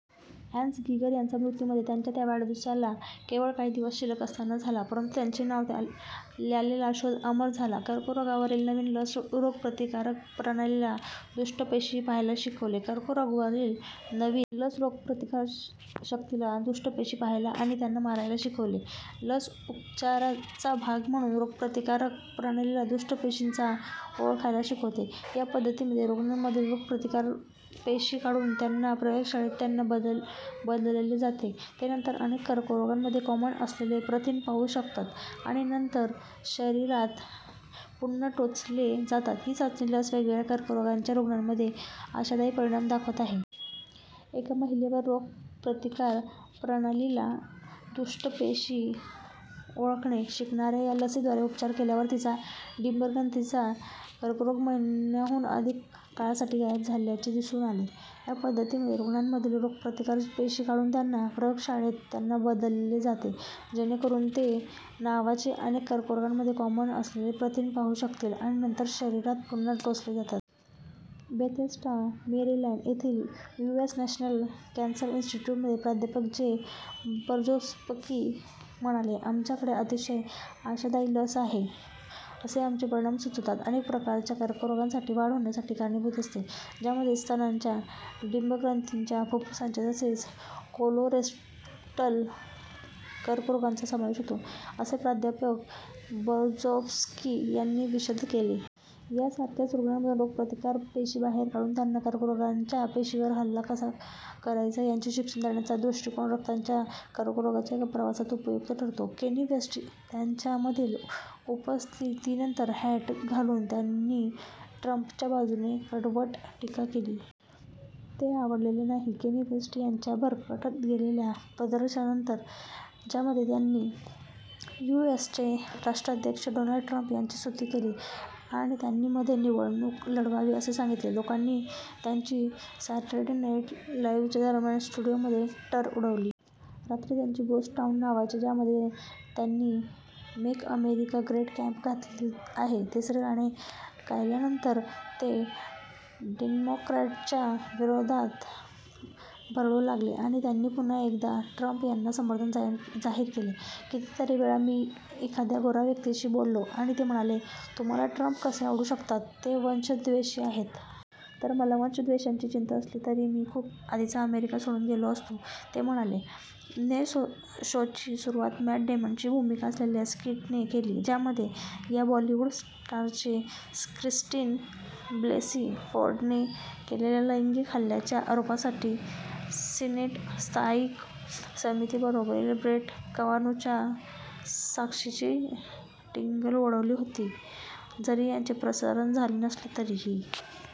" "Hans" Giger यांचा मृत्यू मध्ये, त्यांच्या व्या वाढदिवसाला केवळ काही दिवस शिल्लक असताना झाला. परंतु त्यांचे नाव ल्यालेला शोध अमर झाला. कर्करोगावरील नवीन लस रोगप्रतिकारक प्रणालीला दुष्ट पेशी 'पहायला' शिकवेल कर्करोगावरील नवीन लस रोगप्रतिकारक शक्तीला दुष्ट पेशी 'पहायला' आणि त्यांना मारायला शिकवेल लस उपचाराचा भाग म्हणून रोगप्रतिकारक प्रणालीला दुष्ट पेशींना ओळखायला शिकवते या पद्धतीमध्ये रूग्णांमधील रोगप्रतिकारक पेशी काढून त्यांना प्रयोगशाळेत त्यांना बदलले जाते ते नंतर अनेक कर्करोगांमध्ये कॉमन असलेले प्रथिन 'पाहू' शकतात आणि नंतर शरीरात पुन्हा टोचले जातात ही चाचणी लस वेगवेगळ्या कर्करोगांच्या रूग्णांमध्ये आशादायी परिणाम दाखवत आहे. एका महिलेवर रोगप्रतिकारक प्रणालीला दुष्ट पेशी ओळखणे शिकवणाऱ्या या लसीद्वारे उपचार केल्यावर तिचा डिंबग्रंथिंचा कर्करोग महिन्यांहून अधिक काळासाठी गायब झाल्याचे दिसून आले. या पद्धतीमध्ये रूग्णांमधील रोगप्रतिकारक पेशी काढून त्यांना प्रयोगशाळेत त्यांना बदलले जाते जेणेकरून ते नावाचे, अनेक कर्करोगांमध्ये कॉमन असलेले प्रथिन "पाहू" शकतील आणि नंतर शरीरात पुन्हा टोचले जातात. बेथेस्डा, मेरीलँड येथील युएस नॅशनल कॅसर इंस्टिट्यूटचे प्राध्यापक जे बर्झोफ्स्की म्हणाले: "आमच्याकडे अतिशय आशादायी लस आहे असे आमचे परिणाम सुचवतात. " "अनेक प्रकारच्या कर्करोगाची वाढ होण्यास कारणीभूत असते," ज्यामध्ये स्तनाच्या, डिंबग्रंथिच्या, फुफ्फुसांच्या तसेच कोलोरेक्टल कर्करोगांचा समावेश होतो, असे प्राध्यापक बर्झोफ्स्की यांनी विशद केले. यासारखाच, रूग्णांमधून रोगप्रतिकारक पेशी बाहेर काढून त्यांना कर्करोगाच्या पेशींवर हल्ला कसा करायचा याचे "शिक्षण" देण्याचा दृष्टीकोन रक्ताच्या कर्करोगाच्या एका प्रकारात उपयुक्त ठरतो. केनी वेस्ट त्यांच्या मधील उपस्थितीनंतर हॅट घालून त्यांनी ट्रंपच्या-बाजुने कडवट टीका केली. ते आवडले नाही केनी वेस्ट यांच्या भरकटत गेलेल्या प्रदर्शनानंतर ज्यामध्ये त्यांनी यु. एस. चे राष्ट्राध्यक्ष डोनाल्ड ट्रंप यांची स्तुती केली आणि त्यांनी मध्ये निवडणूक लढवावी असे सांगितले, लोकांनी त्यांची सॅटरडे नाईट लाइव्हच्या दरम्यान स्टुडिओमध्ये टर उडवली. रात्री त्यांचे घोस्ट टाउन नावाचे ज्यामध्ये त्यांनी मेक अमेरिका ग्रेट कॅप घातली आहे, तिसरे गाणे गायल्यानंतर ते डेमॉक्रॅट्सच्या विरोधात बरळू लागले आणि त्यांनी पुन्हा एकदा ट्रंप यांना समर्थन जाहिर केले. "कितीतरी वेळा मी एखाद्या गोऱ्या व्यक्तीशी बोललो आणि ते म्हणाले: "तुम्हाला ट्रंप कसे आवडू शकतात, ते वंशद्वेशी आहेत? " तर, मला वंशद्वेशाची चिंता असती तर मी खूप आधीच अमेरिका सोडून गेलो असतो," ते म्हणाले. ने शोची सुरुवात मॅट डेमनची भूमिका असलेल्या स्कीटने केली ज्यामध्ये या हॉलिवूड स्टारने क्रिस्टिन ब्लेसी फोर्डने केलेल्या लैंगिक हल्ल्याच्या आरोपांसाठी सिनेट न्यायिक समितीसमोरील ब्रेट कवानुच्या साक्षेची टिंगल उडवली होती. जरी याचे प्रसारण झाले नसले तरीही